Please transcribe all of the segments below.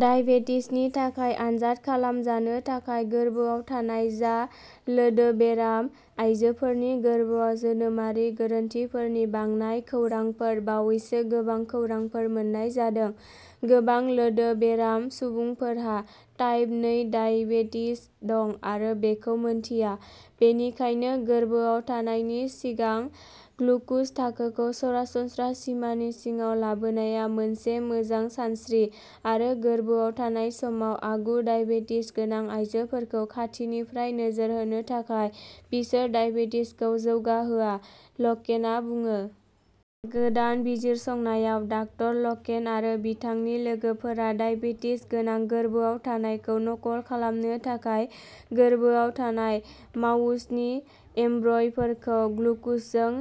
दाइबेटिसनि थाखाय आनजाद खालामजानो थाखाय गोर्बोआव थानाय जा। लोदोबेराम आयजोफोरनि गोर्बोआव जोनोमारि गोरोन्थिफोरनि बांनाय खौरांफोर बावैसो गोबां खौरांफोर मोन्नाय जादों। "गोबां लोदोबेराम सुबुंफोरहा टाइप नै दाइबेटिस दं आरो बेखौ मिन्थिया, बेनिखायनो गोर्बोआव थानायनि सिगां ग्लुकज थाखोखौ सरासनस्रा सिमानि सिङाव लाबोनाया मोनसे मोजां सानस्रि, आरो गोर्बोआव थानाय समाव आगु दाइबेटिस गोनां आयजोफोरखौ खाथिनिफ्राय नोजोर होनो थाखाय बिसोर दाइबेटिसखौ जौगाहोआ" लकेनआ बुङो। गोदान बिजिरसंनायाव, डाक्टर लकेन आरो बिथांनि लोगोफोरा दाइबेटिस गोनां गोर्बोआव थानायखौ नकल खालामनो थाखाय गोरबोआव थानाय माउसनि एम्ब्रय'फोरखौ ग्लुकजजों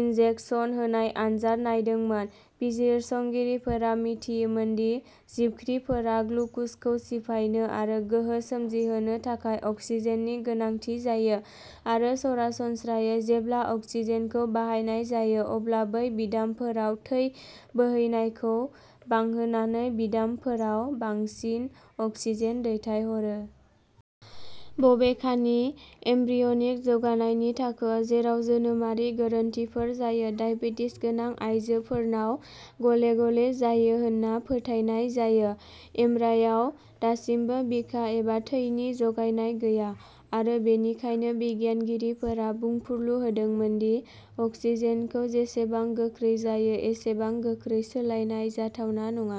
इनजेकसन होनाय आनजाद नायदोंमोन। बिजिरसंगिरिफोरा मिथियोमोन दि जिबख्रिफोरा ग्लुकजखौ सिफायनो आरो गोहो सोमजिहोनो थाखाय अक्सिजेननि गोनांथि जायो, आरो सरासनस्रायै, जेब्ला अक्सिजेनखौ बाहायनाय जायो, अब्ला बै बिदामफोराव थै बोहैनायखौ बांहोनानै बिदामफोराव बांसिन अक्सिजेन दैथायहरो। बबेखानि, एम्ब्रियनिक जौगानायनि थाखोआव जेराव जोनोमारि गोरोन्थिफोर जायो। डायबेटिस गोनां आइजोफोरनाव गले गले जायो होनना फोथायनाय जायो, एम्ब्राय'आव दासिमबो बिखा एबा थैनि जगायनाय गैया, आरो बेनिखायनो बिगियानगिरिफोरा बुंफुरलु होदोंमोन दि अक्सिजेनखौ जेसेबां गोख्रै जायो एसेबां गोख्रै सोलायनाय जाथावना नङा।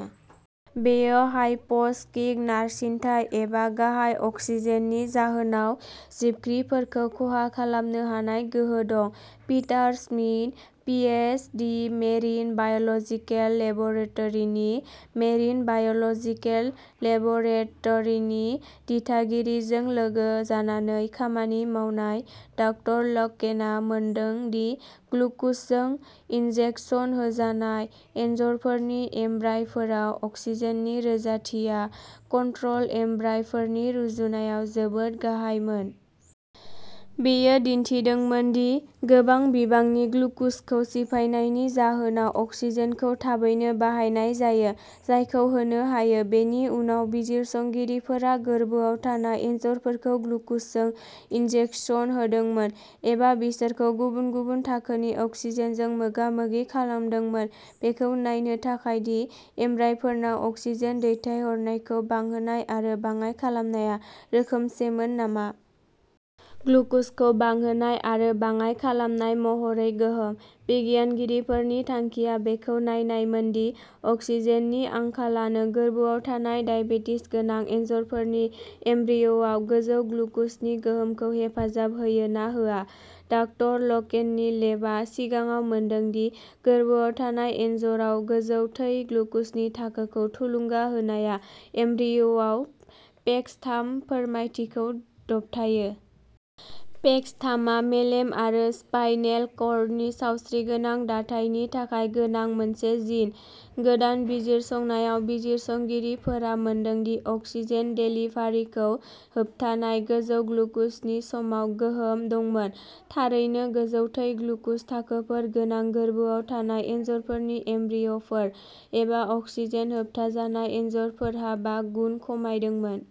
बेयो हायपक्सिक नारसिनथाय, एबा गाहाय अक्सिजेन नि जाहोनाव जिबख्रिफोरखौ खहा खालामनो हानाय गोहो दं। Peter Smith, P H. D., marine biological लेब'रेट'रिनि मेरिन बाय'लजिकेल लेब'रेट'रिनि दिथागिरिजों लोगो जानानै खामानि मावनाय, डाक्टर ल'केनआ मोनदों दि ग्लुक'जजों इन्जेकसन होजानाय एनजर'फोरनि एम्ब्राय'फोराव अक्सिजेननि रोजाथिया कन्ट्रल एम्ब्राय'फोरनि रुजुनायाव जोबोद गाहायमोन। बेयो दिन्थिदोंमोन दि गोबां बिबांनि ग्लुक'जखौ सिफायनायनि जाहोनाव अक्सिजेनखौ थाबैनो बाहायनाय जायो जायखौ होनो हायो। बेनि उनाव बिजिरसंगिरिफोरा गोरबोआव थानाय एनजर'फोरखौ ग्लुक'जजों इन्जेकसन होदोंमोन, एबा बिसोरखौ गुबुन गुबुन थाखोनि अक्सिजेनजों मोगामोगि खालामदोंमोन बेखौ नायनो थाखाय दि एम्ब्राय'फोरनाव अक्सिजेन दैथायनायखौ बांहोनाय आरो बाङाइ खालामनाया रोखोमसेमोन नामा। ग्लुकजखौ बांहोनाय आरो बाङाइ खालामनाय महरै गोहोम। बिगियानगिरिफोरनि थांखिया बेखौ नायनायमोन दि अक्सिजेननि आंखालानो गोरबोआव थानाय दाइबेटिस गोनां एनजरफोरनि एमब्रिय'आव गोजौ ग्लुकजनि गोहोमखौ हेफाजाब होयो ना होआ। डाक्टार ल'केननि लेबआ सिगाङाव मोनदों दि गोरबोआव थानाय एनजराव गोजौ थै ग्लुकजनि थाखोखौ थुलुंगा होनाया एमब्रिय'आव पेक्स थाम फोरमायथिखौ दबथायो। पेक्स थामआ मेलेम आरो स्पाइनेल कर्डनि सावस्रिगोनां दाथायनि थाखाय गोनां मोनसे जिन। गोदान बिजिरसंनायाव, बिजिरसंगिरिफोरा मोनदों दि अक्सिजेन देलिभारिखौ होबथानाय गोजौ ग्लुकजनि समान गोहोम दंमोन। थारैनो, गोजौ थै ग्लुकज थाखोफोर गोनां गोरबोआव थानाय एनजरफोरनि एमब्रिय'फोर, एबा अक्सिजेन होबथाजानाय एनजर'फोरहा बा गुन खमायदोंमोन।